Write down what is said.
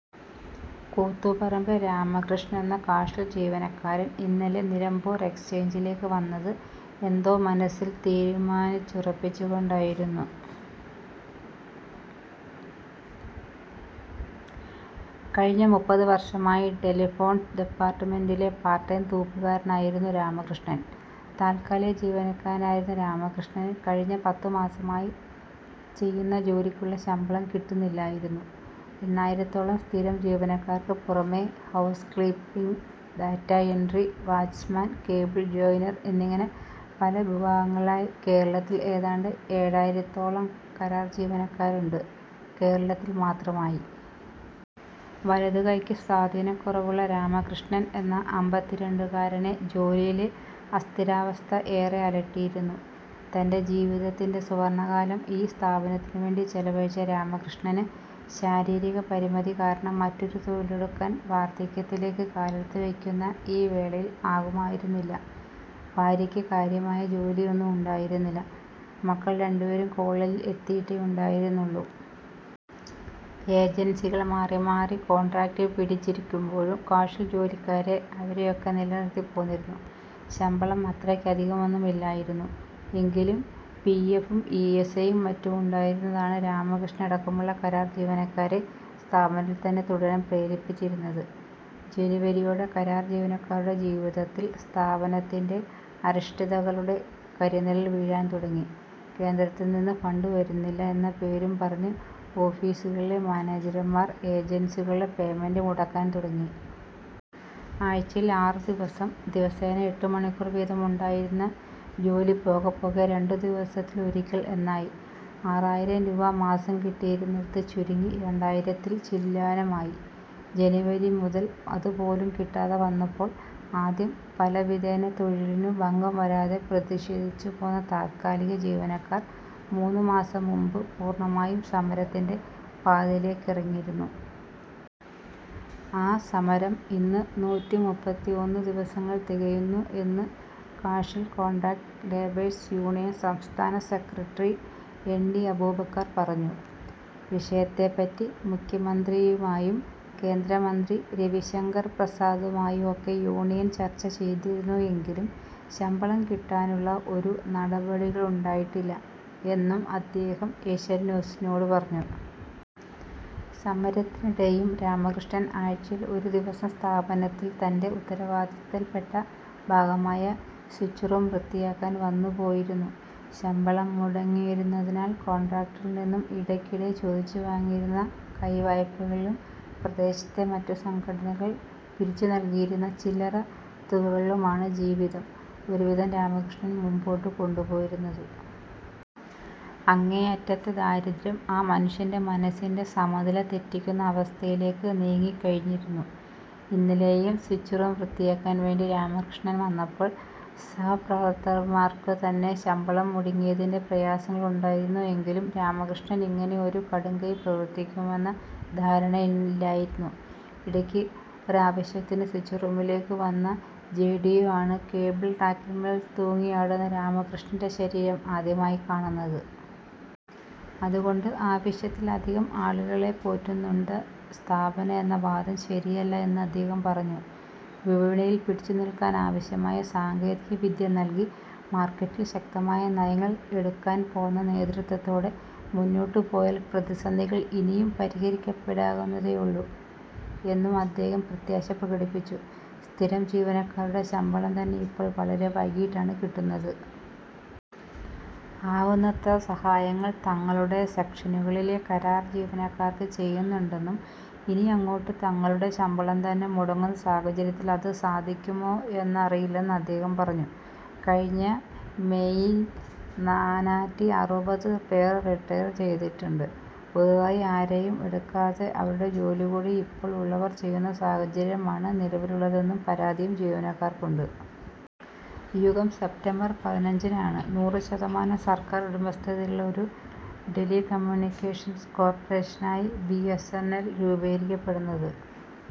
കുന്നത്തുപറമ്പിൽ രാമകൃഷ്ണൻ എന്ന കാഷ്വൽ ജീവനക്കാരൻ ഇന്നലെ നിലമ്പൂർ എക്സ്ചേഞ്ചിലെക്ക് വന്നത് മനസ്സിൽ എന്തോ തീരുമാനിച്ചുറപ്പിച്ചുകൊണ്ടായിരുന്നു. കഴിഞ്ഞ മുപ്പതുവർഷമായി ടെലിഫോൺസ് ഡിപ്പാർട്ട്മെന്റിലെ പാർട്ട് ടൈം തൂപ്പുകാരനായിരുന്നു രാമകൃഷ്ണൻ. താത്കാലിക ജീവനക്കാരനായിരുന്ന രാമകൃഷ്ണന് കഴിഞ്ഞ പത്തുമാസമായി ചെയ്യുന്ന ജോലിക്കുള്ള ശമ്പളം കിട്ടുന്നില്ലായിരുന്നു. എണ്ണായിരത്തോളം സ്ഥിരം ജീവനക്കാർക്ക് പുറമെ, housekeeping, data entry, watchman, cable joiner എന്നിങ്ങനെ പല വിഭാഗങ്ങളിലായി കേരളത്തിൽ ഏതാണ്ട് ഏഴായിരത്തോളം കരാർ ജീവനക്കാരുമുണ്ട് കേരളത്തിൽ മാത്രമായി. വലതുകൈക്ക് സ്വാധീനകുറവുള്ള രാമകൃഷ്ണൻ എന്ന അമ്പത്തിരണ്ടുകാരനെ ജോലിയിലെ അസ്ഥിരാവസ്ഥ ഏറെ അലട്ടിയിരുന്നു. തന്റെ ജീവിതത്തിന്റെ സുവർണകാലം ഈ സ്ഥാപനത്തിനുവേണ്ടി ചെലവഴിച്ച രാമകൃഷ്ണന് ശാരീരികപരിമിതി കാരണം മറ്റൊരു തൊഴിലെടുക്കാൻ വാർധക്യത്തിലേക്ക് കാലെടുത്തുവെക്കുന്ന ഈ വേളയിൽ ആകുമായിരുന്നില്ല. ഭാര്യക്ക് കാര്യമായ ജോലിയൊന്നും ഉണ്ടായിരുന്നില്ല. മക്കൾ രണ്ടുപേരും കോളേജിൽ എത്തിയിട്ടേ ഉണ്ടായിരുന്നുള്ളൂ. ഏജൻസികൾ മാറിമാറി കോൺട്രാക്ട് പിടിച്ചിരുന്നപ്പോഴും, കാഷ്വൽ ജോലിക്കാരെ അവരൊക്കെ നിലനിർത്തിപ്പോന്നിരുന്നു. ശമ്പളം അത്രയ്ക്കധികമൊന്നുമില്ലായിരുന്നു എങ്കിലും പിഎഫും ഇഎസ്ഐയും മറ്റും ഉണ്ടായിരുന്നതാണ് രാമകൃഷ്ണനടക്കമുള്ള കരാർ ജീവനക്കാരെ സ്ഥാപനത്തിൽ തന്നെ തുടരാൻ പ്രേരിപ്പിച്ചിരുന്നത്. ജനുവരിയോടെ കരാർ ജീവനക്കാരുടെ ജീവിതങ്ങളിൽ സ്ഥാപനത്തിന്റെ അരിഷ്ടതകളുടെ കരിനിഴൽ വീഴാൻ തുടങ്ങി. കേന്ദ്രത്തിൽ നിന്ന് ഫണ്ട് വരുന്നില്ല എന്ന പേരും പറഞ്ഞ് ഓഫീസുകളിലെ മാനേജർമാർ ഏജൻസികളുടെ പേയ്മെന്റ് മുടക്കാൻ തുടങ്ങി. ആഴ്ചയിൽ ആറുദിവസം, ദിവസേന എട്ടുമണിക്കൂർ വീതമുണ്ടായിരുന്ന ജോലി പോകെപ്പോകെ രണ്ടുദിവസത്തിൽ ഒരിക്കൽ എന്നായി. ആറായിരം രൂപ മാസം കിട്ടിയിരുന്നത് ചുരുങ്ങി രണ്ടായിരത്തിൽ ചില്വാനമായി. ജനുവരി മുതൽ അതുപോലും കിട്ടാതെ വന്നപ്പോൾ ആദ്യം പലവിധേന തൊഴിലിനു ഭംഗം വരാതെ പ്രതിഷേധിച്ചു പോന്ന താത്കാലിക ജീവനക്കാർ മൂന്നുമാസം മുമ്പ് പൂർണ്ണമായും സമരത്തിന്റെ പാതയിലേക്കിറങ്ങിയിരുന്നു. ആ സമരം ഇന്ന് നൂറ്റിമുപ്പത്തിഒന്ന് ദിവസങ്ങൾ തികയുന്നു എന്ന് കാഷ്വൽ കോൺട്രാക്ട് ലേബേഴ്സ് യൂണിയൻ സംസ്ഥാന സെക്രട്ടറി എൻ ടി അബൂബക്കർ പറഞ്ഞു. വിഷയത്തെപ്പറ്റി മുഖ്യമന്ത്രിയുമായും കേന്ദ്രമന്ത്രി രവിശങ്കർ പ്രസാദുമായും ഒക്കെ യൂണിയൻ ചർച്ച ചെയ്തിരുന്നു എങ്കിലും ശമ്പളം കിട്ടാനുള്ള ഒരു നടപടികളുമുണ്ടായിട്ടില്ല എന്നും അദ്ദേഹം ഏഷ്യാനെറ്റ് ന്യൂസിനോട് പറഞ്ഞു. സമരത്തിനിടെയും രാമകൃഷ്ണൻ ആഴ്ചയിൽ ഒരു ദിവസം സ്ഥാപനത്തിൽ തന്റെ ഉത്തരവാദിത്തത്തിൽ പെട്ട ഭാഗമായ സ്വിച്ച് റൂം വൃത്തിയാക്കാൻ വന്നുപോയിരുന്നു. ശമ്പളം മുടങ്ങിയിരുന്നതിനാൽ കോൺട്രാക്ടറിൽ നിന്ന് ഇടയ്ക്കിടെ ചോദിച്ചുവാങ്ങിയിരുന്ന കൈവായ്പകളിലും, പ്രദേശത്തെ മറ്റു സംഘടനകൾ പിരിച്ചു നൽകിയിരുന്ന ചില്ലറ തുകകളിലുമാണ് ജീവിതം ഒരുവിധം രാമകൃഷ്ണൻ മുന്നോട്ടു കൊണ്ടുപോയിരുന്നത്. അങ്ങേയറ്റത്തെ ദാരിദ്ര്യം ആ മനുഷ്യന്റെ മനസ്സിന്റെ സമനില തെറ്റിക്കുന്ന അവസ്ഥയിലേക്ക് നീങ്ങിക്കഴിഞ്ഞിരുന്നു. ഇന്നലെയും സ്വിച്ച് റൂം വൃത്തിയാക്കാൻ വേണ്ടി രാമകൃഷ്ണൻ വന്നപ്പോൾ സഹപ്രവർത്തകർക്കാർക്കും തന്നെ, ശമ്പളം മുടങ്ങിയതിന്റെ പ്രയാസങ്ങളുണ്ടായിരുന്നു എങ്കിലും രാമകൃഷ്ണൻ ഇങ്ങനെ ഒരു കടുംകൈ പ്രവർത്തിക്കുമെന്ന ധാരണയില്ലായിരുന്നു. ഇടക്ക് ഒരാവശ്യത്തിന് സ്വിച്ച് റൂമിലേക്ക് വന്ന ജെടിഓ ആണ് കേബിൾ റാക്കിന്മേൽ തൂങ്ങിയാടുന്ന രാമകൃഷ്ണന്റെ ശരീരം ആദ്യമായി കാണുന്നത്. അതുകൊണ്ട് ആവശ്യത്തിൽ അധികം ആളുകളെപ്പോറ്റുന്നുണ്ട് സ്ഥാപനം എന്ന വാദം ശരിയല്ല എന്ന് അദ്ദേഹം പറഞ്ഞു. വിപണിയിൽ പിടിച്ചു നിൽക്കാനാവശ്യമായ സാങ്കേതിക വിദ്യ നൽകി, മാർക്കറ്റിൽ ശക്തമായ നയങ്ങൾ എടുക്കാൻ പോന്ന നേതൃത്വത്തോടെ മുന്നോട്ടുപോയാൽ പ്രതിസന്ധികൾ ഇനിയും പരിഹരിക്കപ്പെടാവുന്നതേയുള്ളൂ എന്നും അദ്ദേഹം പ്രത്യാശ പ്രകടിപ്പിച്ചു. സ്ഥിരം ജീവനക്കാരുടെ ശമ്പളം തന്നെ ഇപ്പോൾ വളരെ വൈകിയാണ് കിട്ടുന്നത്. ആവുന്നത്ര സഹായങ്ങൾ തങ്ങളുടെ സെക്ഷനുകളിലെ കരാർ ജീവനക്കാർക്ക് ചെയ്യുന്നുണ്ടെന്നും, ഇനിയങ്ങോട്ട് തങ്ങളുടെ ശമ്പളം തന്നെ മുടങ്ങുന്ന സാഹചര്യത്തിൽ അതും സാധിക്കുമോ എന്നറിയില്ലെന്ന് അദ്ദേഹം പറഞ്ഞു. കഴിഞ്ഞ മെയിൽ നാനാറ്റിഅറുപത് പേർ റിട്ടയർ ചെയ്തിട്ടുണ്ട്. പുതുതായി ആരെയും എടുക്കാതെ അവരുടെ ജോലി കൂടി ഇപ്പോൾ ഉള്ളവർ ചെയ്യുന്ന സാഹചര്യമാണ് നിലവിലുള്ളത് എന്ന പരാതിയും ജീവനക്കാർക്കുണ്ട്.. യുഗം സെപ്റ്റംബർ പതിനഞ്ചിനാണ് നൂറ് ശതമാനം സർക്കാർ ഉടമസ്ഥതയിലുള്ള ഒരു ടെലികമ്യൂണിക്കേഷൻസ് കോർപ്പറേഷനായി ബിഎസ്എൻഎൽ രൂപീകരിക്കപ്പെടുന്നത്.